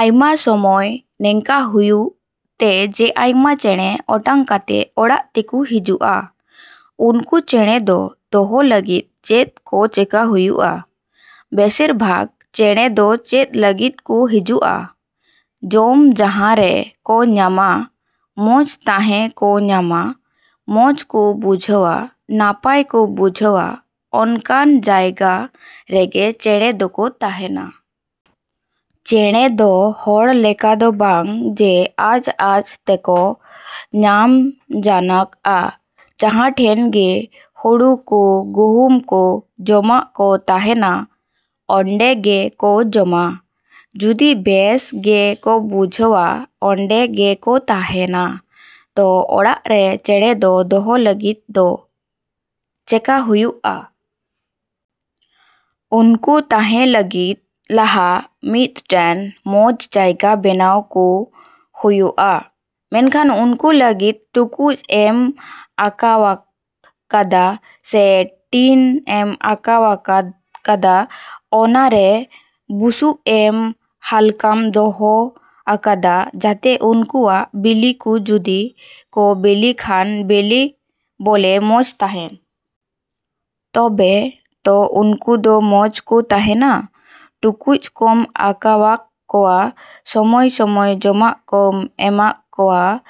ᱟᱭᱢᱟ ᱥᱚᱢᱚᱭ ᱱᱤᱝᱠᱟᱹ ᱦᱩᱭᱩᱜ ᱛᱮ ᱡᱮ ᱟᱭᱢᱟ ᱪᱮᱸᱬᱮ ᱚᱴᱟᱝ ᱠᱟᱛᱮᱜ ᱚᱲᱟᱜ ᱛᱮᱠᱚ ᱦᱤᱡᱩᱜᱼᱟ᱾ ᱩᱱᱠᱩ ᱪᱮᱸᱬᱮ ᱠᱚ ᱫᱚᱦᱚ ᱞᱟᱹᱜᱤᱫ ᱪᱮᱫ ᱠᱚ ᱪᱮᱠᱟ ᱦᱩᱭᱩᱜᱼᱟ? ᱵᱮᱥᱤᱨ ᱵᱷᱟᱜᱽ ᱪᱮᱸᱬᱮ ᱫᱚ ᱪᱮᱫ ᱞᱟᱹᱜᱤᱫ ᱠᱚ ᱦᱤᱡᱩᱜᱼᱟ? ᱡᱚᱢ ᱡᱟᱦᱟᱸ ᱨᱮᱠᱚ ᱧᱟᱢᱟ, ᱢᱚᱡᱽ ᱛᱟᱦᱮᱸ ᱠᱚ ᱧᱟᱢᱟ, ᱢᱚᱡᱽ ᱠᱚ ᱵᱩᱡᱷᱟᱹᱣᱟ, ᱱᱟᱯᱟᱭ ᱠᱚ ᱵᱩᱡᱷᱟᱹᱣᱟ, ᱚᱱᱠᱟᱱ ᱡᱟᱭᱜᱟ ᱨᱮᱜᱮ ᱪᱮᱸᱬᱮ ᱫᱚᱠᱚ ᱛᱟᱦᱮᱱᱟ᱾ ᱪᱮᱸᱬᱮ ᱫᱚ ᱦᱚᱲ ᱞᱮᱠᱟ ᱫᱚ ᱵᱟᱝ ᱡᱮ ᱟᱡᱼᱟᱡ ᱛᱮᱠᱚ ᱧᱟᱢ ᱡᱚᱱᱟᱜᱼᱟ᱾ ᱡᱟᱦᱟᱸ ᱴᱷᱮᱱ ᱜᱮ ᱦᱩᱲᱩ ᱠᱚ, ᱜᱩᱦᱩᱢ ᱠᱚ, ᱡᱚᱢᱟᱜ ᱠᱚ ᱛᱟᱦᱮᱱᱟ, ᱚᱸᱰᱮ ᱜᱮᱠᱚ ᱡᱚᱢᱟ᱾ ᱡᱩᱫᱤ ᱵᱮᱥ ᱜᱮᱠᱚ ᱵᱩᱡᱷᱟᱹᱣᱟ, ᱚᱸᱰᱮ ᱜᱮᱠᱚ ᱛᱟᱦᱮᱱᱟ᱾ ᱛᱚ ᱚᱲᱟᱜ ᱨᱮ ᱪᱮᱸᱬᱮ ᱠᱚ ᱫᱚᱦᱚ ᱞᱟᱹᱜᱤᱫ ᱫᱚ ᱪᱮᱠᱟ ᱦᱩᱭᱩᱜᱼᱟ? ᱩᱱᱠᱩ ᱛᱟᱦᱮᱸ ᱞᱟᱹᱜᱤᱫ ᱞᱟᱦᱟ ᱢᱤᱫᱴᱮᱱ ᱢᱚᱡᱽ ᱡᱟᱭᱜᱟ ᱵᱮᱱᱟᱣ ᱠᱚ ᱦᱩᱭᱩᱜᱼᱟ᱾ ᱢᱮᱱᱠᱷᱟᱱ ᱩᱱᱠᱩ ᱞᱟᱹᱜᱤᱫ ᱴᱩᱠᱩᱡ ᱮᱢ ᱟᱠᱟᱣᱟᱜ ᱠᱟᱫᱟ ᱥᱮ ᱴᱤᱱ ᱮᱢ ᱟᱠᱟᱣᱟᱜ ᱠᱟᱫᱟ, ᱚᱱᱟᱨᱮ ᱵᱩᱥᱩᱵ ᱮᱢ ᱦᱟᱞᱠᱟᱢ ᱫᱚᱦᱚ ᱟᱠᱟᱫᱟ ᱡᱟᱛᱮ ᱩᱱᱠᱩᱣᱟᱜ ᱵᱤᱞᱤ ᱠᱚ ᱡᱩᱫᱤ ᱠᱚ ᱵᱤᱞᱤ ᱠᱷᱟᱱ ᱵᱤᱞᱤ ᱵᱚᱞᱮ ᱢᱚᱡᱽ ᱛᱟᱦᱮᱱ᱾ ᱛᱚᱵᱮ ᱛᱚ ᱩᱱᱠᱩ ᱫᱚ ᱢᱚᱡᱽ ᱠᱚ ᱛᱟᱦᱮᱱᱟ᱾ ᱴᱩᱠᱩᱡ ᱠᱚᱢ ᱟᱠᱟᱣᱟᱜ ᱠᱚᱣᱟ, ᱥᱚᱢᱚᱭᱼᱥᱚᱢᱚᱭ ᱡᱚᱢᱟᱜ ᱠᱚᱢ ᱮᱢᱟᱜ ᱠᱚᱣᱟ,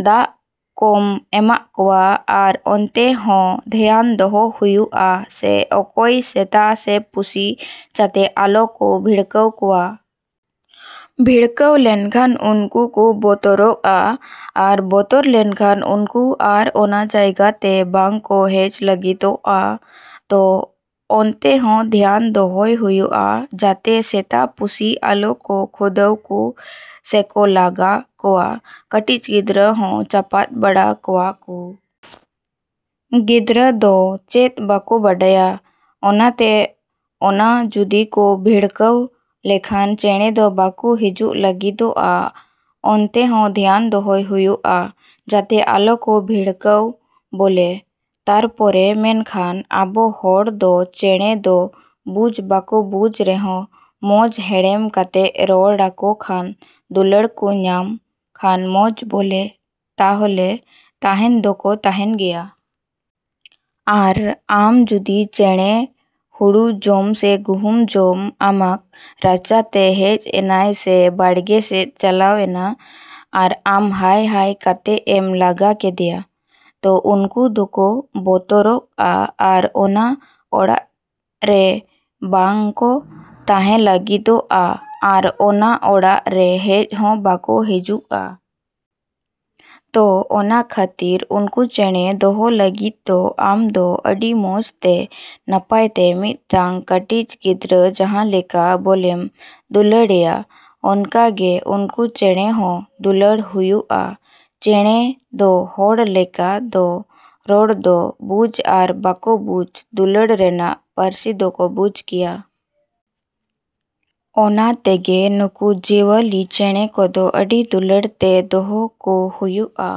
ᱫᱟᱜ ᱠᱚᱢ ᱮᱢᱟᱜ ᱠᱚᱣᱟ ᱟᱨ ᱚᱱᱛᱮ ᱦᱚᱸ ᱫᱷᱮᱭᱟᱱ ᱫᱚᱦᱚ ᱦᱩᱭᱩᱜᱼᱟ ᱥᱮ ᱚᱠᱚᱭ ᱥᱮᱛᱟ ᱥᱮ ᱯᱩᱥᱤ ᱡᱟᱛᱮ ᱟᱞᱚ ᱠᱚ ᱵᱷᱤᱲᱠᱟᱹᱣ ᱠᱚᱣᱟ᱾ ᱵᱷᱤᱲᱠᱟᱹᱣ ᱞᱮᱱᱠᱷᱟᱱ ᱩᱱᱠᱩ ᱠᱚ ᱵᱚᱛᱚᱨᱚᱜᱼᱟ ᱟᱨ ᱵᱚᱛᱚᱨ ᱞᱮᱱᱠᱷᱟᱱ ᱩᱱᱠᱩ ᱟᱨ ᱚᱱᱟ ᱡᱟᱭᱜᱟ ᱛᱮ ᱵᱟᱠᱚ ᱦᱮᱡ ᱞᱟᱹᱜᱤᱫᱚᱜᱼᱟ᱾ ᱛᱚ ᱚᱱᱛᱮ ᱦᱚᱸ ᱫᱷᱮᱭᱟᱱ ᱫᱚᱦᱚᱭ ᱦᱩᱭᱩᱜᱼᱟ ᱡᱟᱛᱮ ᱥᱮᱛᱟ, ᱯᱩᱥᱤ ᱟᱞᱚ ᱠᱚ ᱠᱷᱩᱫᱟᱹᱣ ᱠᱚ ᱥᱮᱠᱚ ᱞᱟᱜᱟ ᱠᱚᱣᱟ᱾ ᱠᱟᱹᱴᱤᱡ ᱜᱤᱫᱽᱨᱟᱹ ᱦᱚᱸ ᱪᱟᱯᱟᱫ ᱵᱟᱲᱟ ᱠᱚᱣᱟ ᱠᱚ᱾ ᱜᱤᱫᱽᱨᱟᱹ ᱫᱚ ᱪᱮᱫ ᱵᱟᱠᱚ ᱵᱟᱰᱟᱭᱟ᱾ ᱚᱱᱟᱛᱮ ᱚᱱᱟ ᱡᱩᱫᱤ ᱠᱚ ᱵᱷᱤᱲᱠᱟᱹᱣ ᱞᱮᱱᱠᱷᱟᱱ ᱪᱮᱸᱬᱮ ᱫᱚ ᱵᱟᱠᱚ ᱦᱤᱡᱩᱜ ᱞᱟᱹᱜᱤᱫᱚᱜᱼᱟ᱾ ᱚᱱᱛᱮ ᱦᱚᱸ ᱫᱷᱮᱭᱟᱱ ᱫᱚᱦᱚᱭ ᱦᱩᱭᱩᱜᱼᱟ ᱡᱟᱛᱮ ᱟᱞᱚ ᱠᱚ ᱵᱷᱤᱲᱠᱟᱹᱜ ᱵᱚᱞᱮ᱾ ᱛᱟᱨᱯᱚᱨᱮ ᱢᱮᱱᱠᱷᱟᱱ ᱟᱵᱚ ᱦᱚᱲ ᱫᱚ ᱪᱮᱸᱬᱮ ᱫᱚ ᱵᱩᱡᱽ ᱵᱟᱠᱚ ᱵᱩᱡᱽ ᱨᱮᱦᱚᱸ ᱢᱚᱡᱽ ᱦᱮᱲᱮᱢ ᱠᱟᱛᱮᱜ ᱨᱚᱲ ᱟᱠᱚ ᱠᱷᱟᱱ, ᱫᱩᱞᱟᱹᱲ ᱠᱚ ᱧᱟᱢ ᱠᱷᱟᱱ ᱢᱚᱡᱽ ᱵᱚᱞᱮ ᱛᱟᱦᱞᱮ ᱛᱟᱦᱮᱱ ᱫᱚᱠᱚ ᱛᱟᱦᱮᱱ ᱜᱮᱭᱟ᱾ ᱟᱨ ᱟᱢ ᱡᱩᱫᱤ ᱪᱮᱸᱬᱮ ᱦᱩᱲᱩ ᱡᱚᱢ ᱥᱮ ᱜᱩᱦᱩᱢ ᱡᱚᱢ ᱟᱢᱟᱜ ᱨᱟᱪᱟ ᱛᱮ ᱦᱮᱡ ᱮᱱᱟᱭ ᱥᱮ ᱵᱟᱲᱜᱮ ᱥᱮᱫᱼᱮ ᱪᱟᱞᱟᱣᱮᱱᱟ ᱟᱨ ᱟᱢ ᱦᱟᱹᱭᱼᱦᱟᱹᱭ ᱠᱟᱛᱮᱫ ᱮᱢ ᱞᱟᱜᱟ ᱠᱮᱫᱮᱭᱟ, ᱛᱚ ᱩᱱᱠᱩ ᱫᱚᱠᱚ ᱵᱚᱛᱚᱨᱚᱜᱼᱟ ᱟᱨ ᱚᱱᱟ ᱚᱲᱟᱜ ᱨᱮ ᱵᱟᱠᱚ ᱛᱟᱦᱮᱸ ᱞᱟᱹᱜᱤᱫᱚᱜᱼᱟ ᱟᱨ ᱚᱱᱟ ᱚᱲᱟᱜ ᱨᱮ ᱦᱮᱡ ᱦᱚᱸ ᱵᱟᱠᱚ ᱦᱤᱡᱩᱜᱼᱟ᱾ ᱛᱚ ᱚᱱᱟ ᱠᱷᱟᱹᱛᱤᱨ ᱩᱱᱠᱩ ᱪᱮᱸᱬᱮ ᱫᱚᱦᱚ ᱞᱟᱹᱜᱤᱫ ᱫᱚ ᱟᱢ ᱫᱚ ᱟᱹᱰᱤ ᱢᱚᱡᱽ ᱛᱮ, ᱱᱟᱯᱟᱭ ᱛᱮ ᱢᱤᱫᱴᱮᱱ ᱠᱟᱹᱴᱤᱡ ᱜᱤᱫᱽᱨᱟᱹ ᱡᱟᱦᱟᱸ ᱞᱮᱠᱟ ᱵᱚᱞᱮᱢ ᱫᱩᱞᱟᱹᱲ ᱮᱭᱟ ᱚᱱᱠᱟ ᱜᱮ ᱩᱱᱠᱩ ᱪᱮᱸᱬᱮ ᱦᱚᱸ ᱫᱩᱞᱟᱹᱲ ᱦᱩᱭᱩᱜᱼᱟ᱾ ᱪᱮᱸᱬᱮ ᱫᱚ ᱦᱚᱲ ᱞᱮᱠᱟ ᱫᱚ ᱨᱚᱲ ᱫᱚ ᱵᱩᱡᱽ ᱟᱨ ᱵᱟᱠᱚ ᱵᱩᱡᱽ, ᱫᱩᱞᱟᱹᱲ ᱨᱮᱱᱟᱜ ᱯᱟᱹᱨᱥᱤ ᱫᱚᱠᱚ ᱵᱩᱡᱽ ᱜᱮᱭᱟ᱾ ᱚᱱᱟ ᱛᱮᱜᱮ ᱱᱩᱠᱩ ᱡᱤᱭᱟᱹᱞᱤ ᱪᱮᱸᱬᱮ ᱠᱚᱫᱚ ᱟᱹᱰᱤ ᱫᱩᱞᱟᱹᱲ ᱛᱮ ᱫᱚᱦᱚ ᱠᱚ ᱦᱩᱭᱩᱜᱼᱟ᱾।